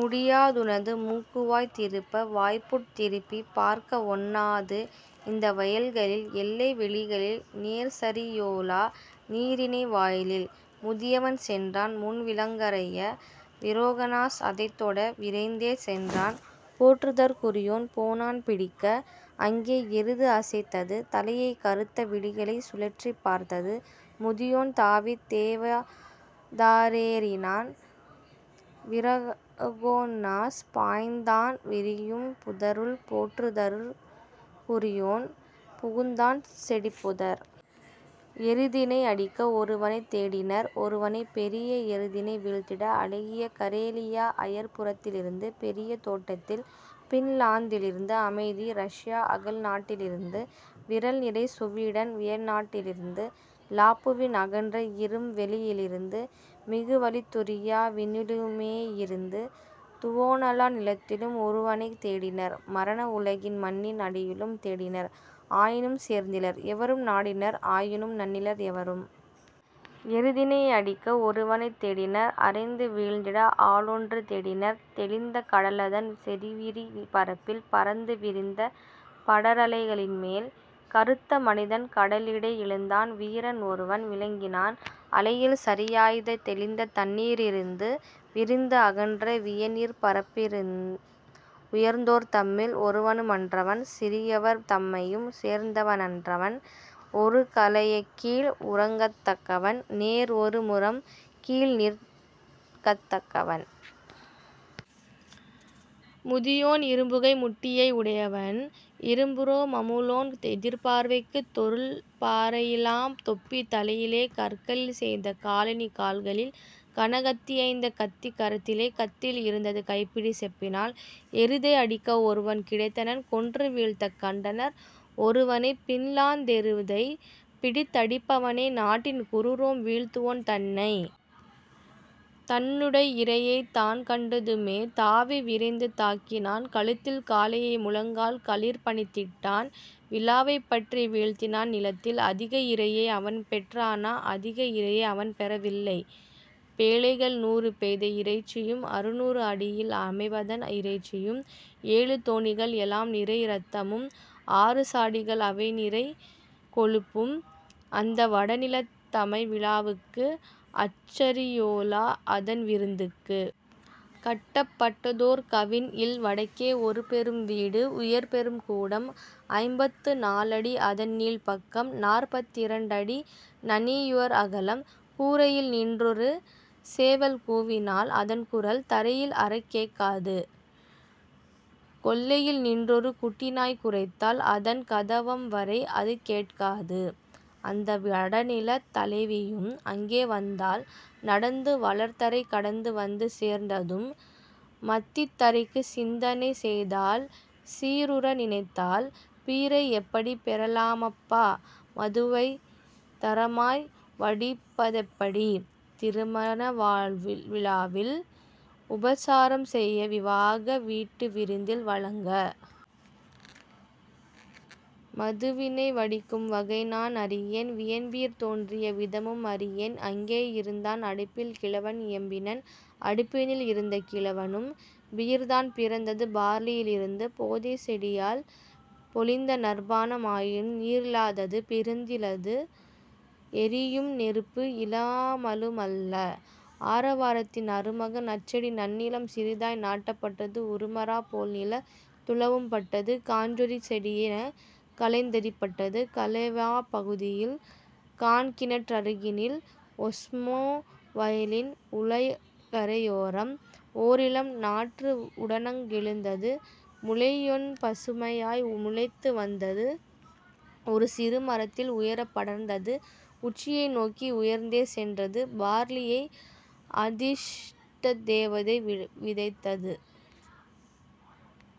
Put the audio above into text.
முடியாதுனது மூக்குவாய் திருப்ப வாய்ப்புட் திருப்பிப் பார்க்கவொண்ணாது இந்த வயல்களின் எல்லை வெளிகளில் நேர்சரியோலா நீரிணை வாயிலில். முதியவன் சென்றான் முன்விலங்கறைய விரோகனாஸ் அதைத்தொட விரைந்தே சென்றான் போற்றுதற்குரியோன் போனான் பிடிக்க: அங்கே எருது அசைத்தது தலையை கறுத்த விழிகளைச் சுழற்றிப் பார்த்தது; முதியோன் தாவித் தேவதாரேறினான் விரோகன்னாஸ் பாய்ந்தான் விரியும் புதருள் போற்றுதற்குரியோன் புகுந்தான் செடிப்புதர். எருதினை அடிக்க ஒருவனைத் தேடினர் ஒருவனைப் பெரிய எருதினை வீழ்த்திட அழகிய கரேலியா அயற்புறத்திலிருந்து பெரியதோட்டத்தில் பின்லாந்திலிருந்து அமைதி ரஷ்யா அகல்நாட்டிலிருந்து விறல்நிறை சுவீடன் வியன்நாட்டிலிருந்து லாப்புவின் அகன்ற இரும்வெளியிலிருந்து மிகுவலித்துர்யா வினிலுமேயிருந்து துவோனலா நிலத்திலும் ஒருவனைத் தேடினர் மரண உலகின் மண்ணின் அடியிலும் தேடினர் ஆயினும் சேர்ந்திலர் எவரும் நாடினர் ஆயினும் நண்ணிலர் எவரும். எருதினை அடிக்க ஒருவனைத் தேடினர் அறைந்து வீழ்த்திட ஆளொன்று தேடினர் தெளிந்த கடலதன் செறிவிரி பரப்பில் பரந்து விரிந்த படரலைகளின்மேல். கறுத்த மனிதன் கடலிடை எழுந்தான் வீரன் ஒருவன் விளங்கினான் அலையில் சரியாய்த தெளிந்த தண்ணீரிருந்து விரிந்து அகன்ற வியநீர்ப்பரப்பிருந் உயர்ந்தோர் தம்மில் ஒருவனு மன்றவன் சிறியவர் தம்மையும் சேர்ந்தவ னன்றவன் ஒருகலயக்கீழ் உறங்கத்தக்கவன் நேர்ஒரு முறம்கீழ் நிற்கத்தக்கவன். முதியோன் இரும்புகை முட்டியை யுடையவன் இரும்புரோமமுளோன் எதிர்பார்வைக்கு தொல்பாறையிலாம் தொப்பி தலையிலே கற்களில் செய்த காலணி கால்களில் கனகத்தியைந்த கத்தி கரத்திலே கத்தியில் இருந்தது கைப்பிடி செப்பினால். எருதை அடிக்க ஒருவன் கிடைத்தனன் கொன்று வீழ்த்தக் கண்டனர் ஒருவனை பின்லாந்தெருதைப் பிடித்தடிப்பவனை நாட்டின் குரூரம் வீழ்த்துவோன் தன்னை. தன்னுடை இரையைத் தான்கண்டதுமே தாவி விரைந்து தாக்கினான் கழுத்தில் காளையை முழங்கால் களிற்பணித்திட்டான் விலாவைப் பற்றி வீழ்த்தினான் நிலத்தில். அதிக இரையை அவன்பெற் றானா அதிக இரையை அவன்பெற வில்லை: பேழைகள் நூறு பெய்த இறைச்சியும் அறுநூறு அடியில் அமைபதன் இறைச்சியும் ஏழு தோணிகள் எலாம்நிறை இரத்தமும் ஆறு சாடிகள் அவைநிறை கொழுப்பும் அந்த வடநிலத் தமைவிழாவுக்கு அச்சரியோலா அதன்விருந்துக்கு. கட்டப்பட்டதோர் கவின்இல் வடக்கே ஒருபெரும் வீடு உயர்பெரும் கூடம் ஐம்பத்து நாலடி அதன்நீள்பக்கம் நாற்பத்திரண்டடி நனிஉயர் அகலம் கூரையில் நின்றொரு சேவல் கூவினால் அதன்குரல் தரையில் அறக்கேட்காது கொல்லையில் நின்றொரு குட்டிநாய் குரைத்தால் அதன்கதவம்வரை அதுகேட்காது. அந்த வடநிலத் தலைவியும் அங்கே வந்தாள் நடந்து வளர்தரை கடந்து வந்து சேர்ந்ததும் மத்தித்தரைக்கு சிந்தனை செய்தாள் சீருற நினைத்தாள் பீரை எப்படிப் பெறலாமப்பா மதுவைத் தரமாய் வடிப்பதெப்படி திருமண விழாவில் உபசாரம்செய விவாக வீட்டுவிருந்தில் வழங்க? மதுவினை வடிக்கும் வகைநான் அறியேன் வியன்பீர் தோன்றிய விதமும் அறியேன். அங்கே இருந்தான் அடுப்பில் கிழவன் இயம்பினன் அடுப்பினில் இருந்த கிழவனும்: பீர்தான் பிறந்தது பார்லியிலிருந்து போதைச் செடியால் பொலிந்த நற்பானம் ஆயினும் நீரிலாதது பிறந்திலது எரியும் நெருப்பு இலாமலுமல்ல. ஆரவாரத்தின் அருமகன் அச்செடி நன்னிலம் சிறிதாய் நாட்டப்பட்டது உறுமராப் போல்நிலத் துழவும்பட்டது காஞ்சொறிச் செடியெனக் களைந்தெறிபட்டது கலேவாப் பகுதியிற் காண்கிணற்றருகினில் ஒஸ்மோ வயலின் உளகரையோரம்; ஓரிளம் நாற்று உடனங்கெழுந்தது முளையொன்பசுமையாய் முளைத்து வந்தது ஒருசிறு மரத்தில் உயரப் படர்ந்தது உச்சியை நோக்கி உயர்ந்தே சென்றது. பார்லியை அதிர்ஷ்டத்தேவதை விதைத்தது